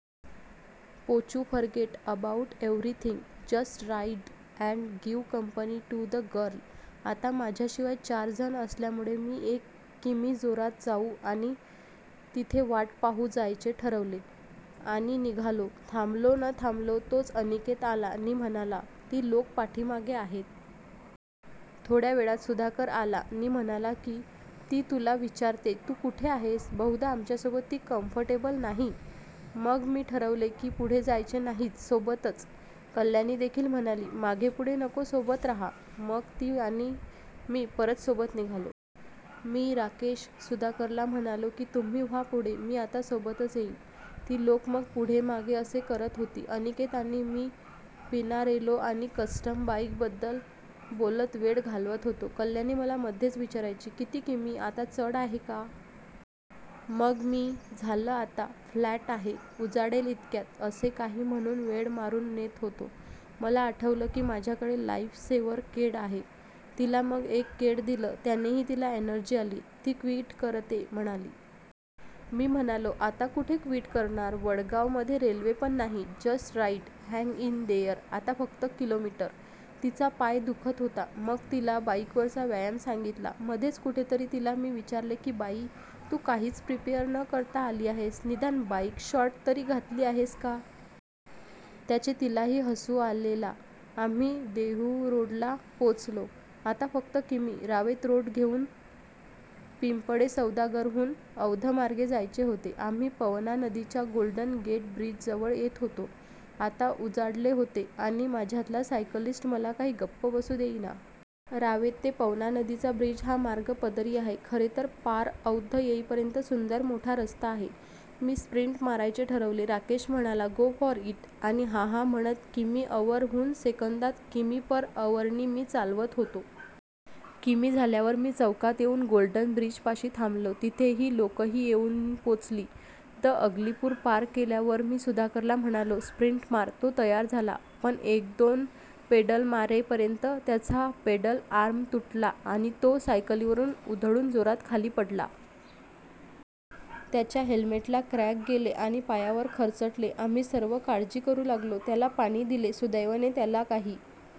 पोचू forget about everything, just ride and give company to the girl. आता माझ्याशिवाय चार जण असल्यामुळे मी एक किमी जोरात जाऊ आणि तिथे वाट पाहू जायचे ठरवले. आणि निघालो. थांबलो न थांबलो तोच अनिकेत आला नी म्हणाला, ती लोकं पाठीमागे आहेत. थोड्यावेळात सुधाकर आला नी म्हणाला की ती तुला विचारतेय तू कुठे आहेस, बहुदा आमच्यासोबत ती कम्फर्टेबल नाही. मग मी ठरवले की पुढे जायचे नाहीच. सोबतच. कल्याणीदेखील म्हणाली, मागे पुढे नको सोबत रहा. मग ती आणि मी परत सोबत निघालो. मी राकेश, सुधाकरला म्हणालो की तुम्ही व्हा पुढे, मी आता सोबतच येईल. ती लोकं मग पुढे मागे असे करत होती. अनिकेत आणि मी पिनारेलो आणि कस्टम बाईक बद्दल बोलत वेळ घालवत होतो. कल्याणी मला मध्येच विचारायची, किती किमी, आता चढ आहे का? मग मी, झालं आता फ्लॅट आहे, उजाडेल इतक्यात असे काही म्हणून वेळ मारून नेत होतो. मला आठवलं की माझ्याकडे लाईफ सेव्हर केळं आहे. तिला मग एक केळं दिलं त्यानेही तिला एनर्जी आली. ती क्विट करते म्हणाली. मी म्हणालो, आता कुठे क्विट करणार, वडगाव मध्ये रेल्वे पण नाही. Just ride, hang in there आता फक्त किमी. तिचा पाय दुखत होता. मग तिला बाईकवरचा व्यायाम सांगीतला. मध्येच कुठेतरी तिला मी विचारले की बाई, तू काहीच प्रिपेअर न करता आली आहेस, निदान बाईक शॉर्ट तरी घातली आहेस का? त्याचे तिलाही हसू आले. ला आम्ही देहूरोडला पोचलो. आता फक्त किमी. रावेत रोड घेऊन, पिंपळे सौदागरहून औंधमार्गे जायचे होते. आम्ही पवना नदीच्या गोल्डन गेट ब्रिज जवळ येत होतो. आता उजाडले होते आणि माझ्यातला सायकलिस्ट मला काही गप्प बसू देईना. रावेत ते पवना नदीचा ब्रिज हा मार्ग पदरी आहे. खरेतर पार औंध येईपर्यंत सुंदर मोठा रस्ता आहे. मी स्प्रिंट मारायचे ठरवले. राकेश म्हणाला गो फॉर इट. आणि हा हा म्हणता किमी / अवर हून सेंकदात किमी पर अवरनी मी चालवत होतो. किमी झाल्यावर मी चौकात येऊन गोल्डन ब्रीज पाशी थांबलो. तिथे ही लोकंही येऊन पोचली. द अग्लीपुल पार केल्यावर मी सुधाकरला म्हणालो स्प्रिंट मार. तो तयार झाला, पण एक दोन पेडल मारे पर्यंत त्याचा पेडल आर्म तुटला आणि तो सायकलीवरून उधळून जोरात खाली पडला. त्याच्या हेल्मेटला क्रॅक गेले आणि पायावर खरचटले. आम्ही सर्व काळजी करू लागलो. त्याला पाणी दिले. सुदैवाने त्याला काही